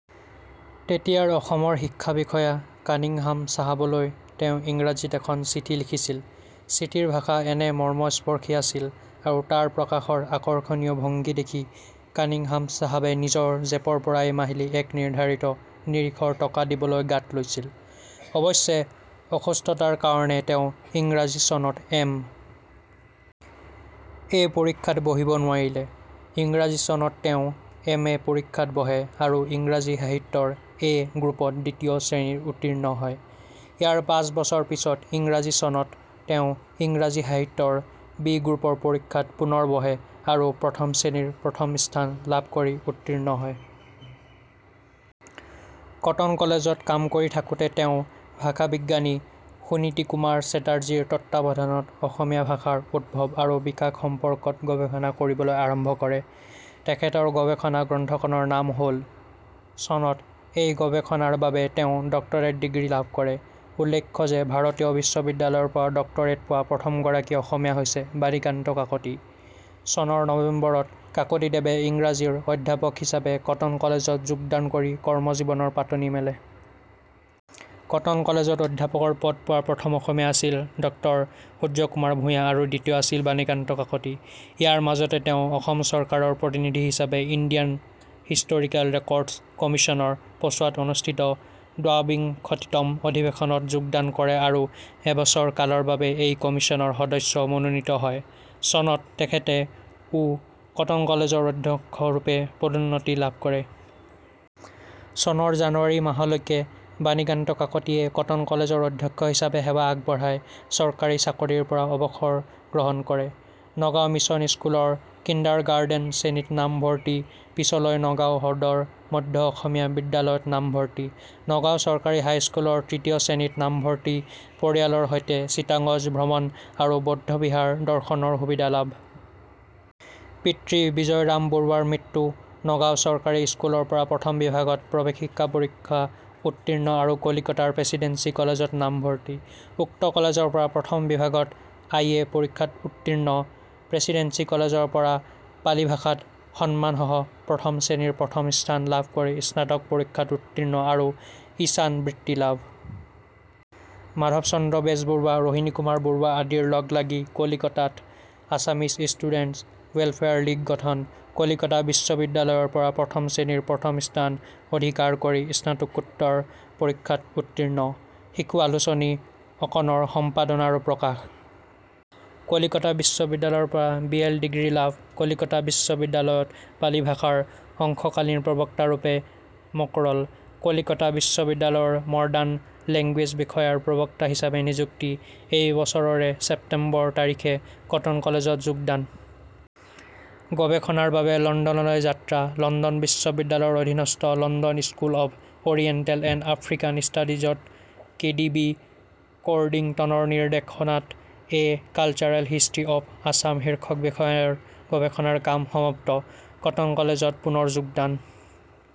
তেতিয়াৰ অসমৰ শিক্ষা বিষয়া কানিংহাম চাহাবলৈ তেওঁ ইংৰাজীত এখন চিঠি লিখিছিল৷ চিঠিৰ ভাষা এনে মৰ্মস্পৰ্শী আছিল আৰু তাৰ প্ৰকাশৰ আকৰ্ষণীয় ভংগী দেখি কানিংহাম চাহাবে নিজৰ জেপৰ পৰাই মাহিলী এক নিৰ্ধাৰিত নিৰিখৰ টকা দিবলৈ গাত লৈছিল৷ অৱশ্যে, অসুস্থতাৰ কাৰণে তেওঁ ইংৰাজী চনত এম. এ. পৰীক্ষাত বহিব নোৱাৰিলে। ইংৰাজী চনত তেওঁ এম. এ. পৰীক্ষাত বহে আৰু ইংৰাজী সাহিত্যৰ 'এ' গ্ৰুপত দ্বিতীয় শ্ৰেণীত উত্তীৰ্ণ হয়। ইয়াৰ পাঁচ বছৰ পিছত ইংৰাজী চনত তেওঁ ইংৰাজী সাহিত্যৰ 'বি' গ্ৰুপৰ পৰীক্ষাত পুনৰ বহে আৰু প্ৰথম শ্ৰেণীৰ প্ৰথম স্থান লাভ কৰি উত্তীৰ্ণ হয়। কটন কলেজত কাম কৰি থাকোঁতে তেওঁ ভাষাবিজ্ঞানী সুনীতিকুমাৰ চেটাৰ্জীৰ তত্ত্বাৱধানত অসমীয়া ভাষাৰ উদ্ভৱ আৰু বিকাশ সম্পৰ্কত গৱেষণা কৰিবলৈ আৰম্ভ কৰে৷ তেখেতৰ গৱেষণা গ্ৰন্থখনৰ নাম হ'ল- ':.' চনত এই গৱেষণাৰ বাবে তেওঁ ডক্টৰেট ডিগ্ৰী লাভ কৰে৷ উল্লেখ্য যে ভাৰতীয় বিশ্ববিদ্যালয়ৰপৰা ডক্টৰেট পোৱা প্ৰথমগৰাকী অসমীয়া হৈছে বাণীকান্ত কাকতি৷ চনৰ নবেম্বৰত কাকতিদেৱে ইংৰাজীৰ অধ্যাপক হিচাপে কটন কলেজ ত যোগদান কৰি কৰ্মজীৱনৰ পাতনি মেলে। কটন কলেজত অধ্যাপকৰ পদ পোৱা প্ৰথম অসমীয়া আছিল ড সূৰ্য্যকুমাৰ ভূঞা আৰু দ্বিতীয় আছিল বাণীকান্ত কাকতি৷ ইয়াৰ মাজতে তেওঁ অসম চৰকাৰৰ প্ৰতিনিধি হিচাপে ইণ্ডিয়ান হিষ্টৰিকেল ৰেকৰ্ডছ্ কমিছনৰ পেছোৱাত অনুষ্ঠিত দ্বাবিংশতিতম অধিৱেশনত যোগদান কৰে আৰু এবছৰ কালৰ বাবে এই কমিছনৰ সদস্য মনোনীত হয়৷ চনত তেখেতে ঔ কটন কলেজৰ অধ্যক্ষ ৰূপে পদোন্নতি লাভ কৰে। চনৰ জানুৱাৰী মাহলৈকে বাণীকান্ত কাকতিয়ে কটন কলেজৰ অধ্যক্ষ হিচাপে সেৱা আগবঢ়াই চৰকাৰী চাকৰিৰ পৰা অৱসৰ গ্ৰহণ কৰে।: নগাঁও মিচন স্কুলৰ কিণ্ডাৰগাৰ্টেন শ্ৰেণীত নাম ভৰ্তি, পিচলৈ নগাঁও সদৰ মধ্য অসমীয়া বিদ্যালয়ত নামভৰ্তি: নগাঁও চৰকাৰী হাইস্কুলৰ তৃতীয় শ্ৰেণীত নামভৰ্তি: পৰিয়ালৰ সৈতে চিতাগঞ্জ ভ্ৰমণ আৰু বৌদ্ধ বিহাৰ দৰ্শনৰ সুবিধা লাভ।: পিতৃ বিজয়ৰাম বৰুৱাৰ মৃত্যু।: নগাঁও চৰকাৰী স্কুলৰ পৰা প্ৰথম বিভাগত প্ৰৱেশিকা পৰীক্ষা উৰ্ত্তীণ আৰু কলিকতাৰ প্ৰেচিডেন্সি কলেজত নামভৰ্তি।: উক্ত কলেজৰ পৰা প্ৰথম বিভাগত আই এ পৰীক্ষাত উৰ্ত্তীণ।: প্ৰেচিডেন্সি কলেজৰ পৰা পালি ভাষাত সন্মান সহ প্ৰথম শ্ৰেণীৰ প্ৰথম স্থান লাভ কৰি স্নাতক পৰীক্ষাত উৰ্ত্তীণ আৰু 'ঈশান' বৃত্তি লাভ। মাধৱচন্দ্ৰ বেজবৰুৱা, ৰোহিণীকুমাৰ বৰুৱা আদিৰ লগ লাগি কলিকতাত আছামিজ ষ্টুডেণ্টছ্ ৱেলফেয়াৰ লীগ গঠন।: কলিকতা বিশ্ববিদ্যালয়ৰ পৰা প্ৰথম শ্ৰেণীৰ প্ৰথম স্থান অধিকাৰ কৰি স্নাতকোত্তৰ পৰীক্ষাত উৰ্ত্তীণ।: শিশু আলোচনী 'অকণ'ৰ সম্পাদনা আৰু প্ৰকাশ।: কলিকতা বিশ্ববিদ্যালয়ৰ পৰা বি এল ডিগ্ৰী লাভ।: কলিকতা বিশ্ববিদ্যালয়ত পালি ভাষাৰ অংশকালীন প্ৰবক্তা ৰূপে মকৰল।: কলিকতা বিশ্ববিদ্যালয়ৰ মডাৰ্ণ লেংগুৱেজ বিষয়ৰ প্ৰবক্তা হিচাপে নিযুক্ত। এই বছৰৰে ছেপ্টেম্বৰ তাৰিখে কটন কলেজত যোগদান।: গৱেষণাৰ বাবে লণ্ডনলৈ যাত্ৰা।: লণ্ডন বিশ্ববিদ্যালয়ৰ অধীনস্থ ' London school of oriental and African studies 'ত কে ডি বি কড্ৰিংটনৰ নিৰ্দেশনাত a cultural history of Assam শীৰ্ষক বিষয়ৰ গৱেষণাৰ কাম সমাপ্ত। কটন কলেজত পুনৰ যোগদান।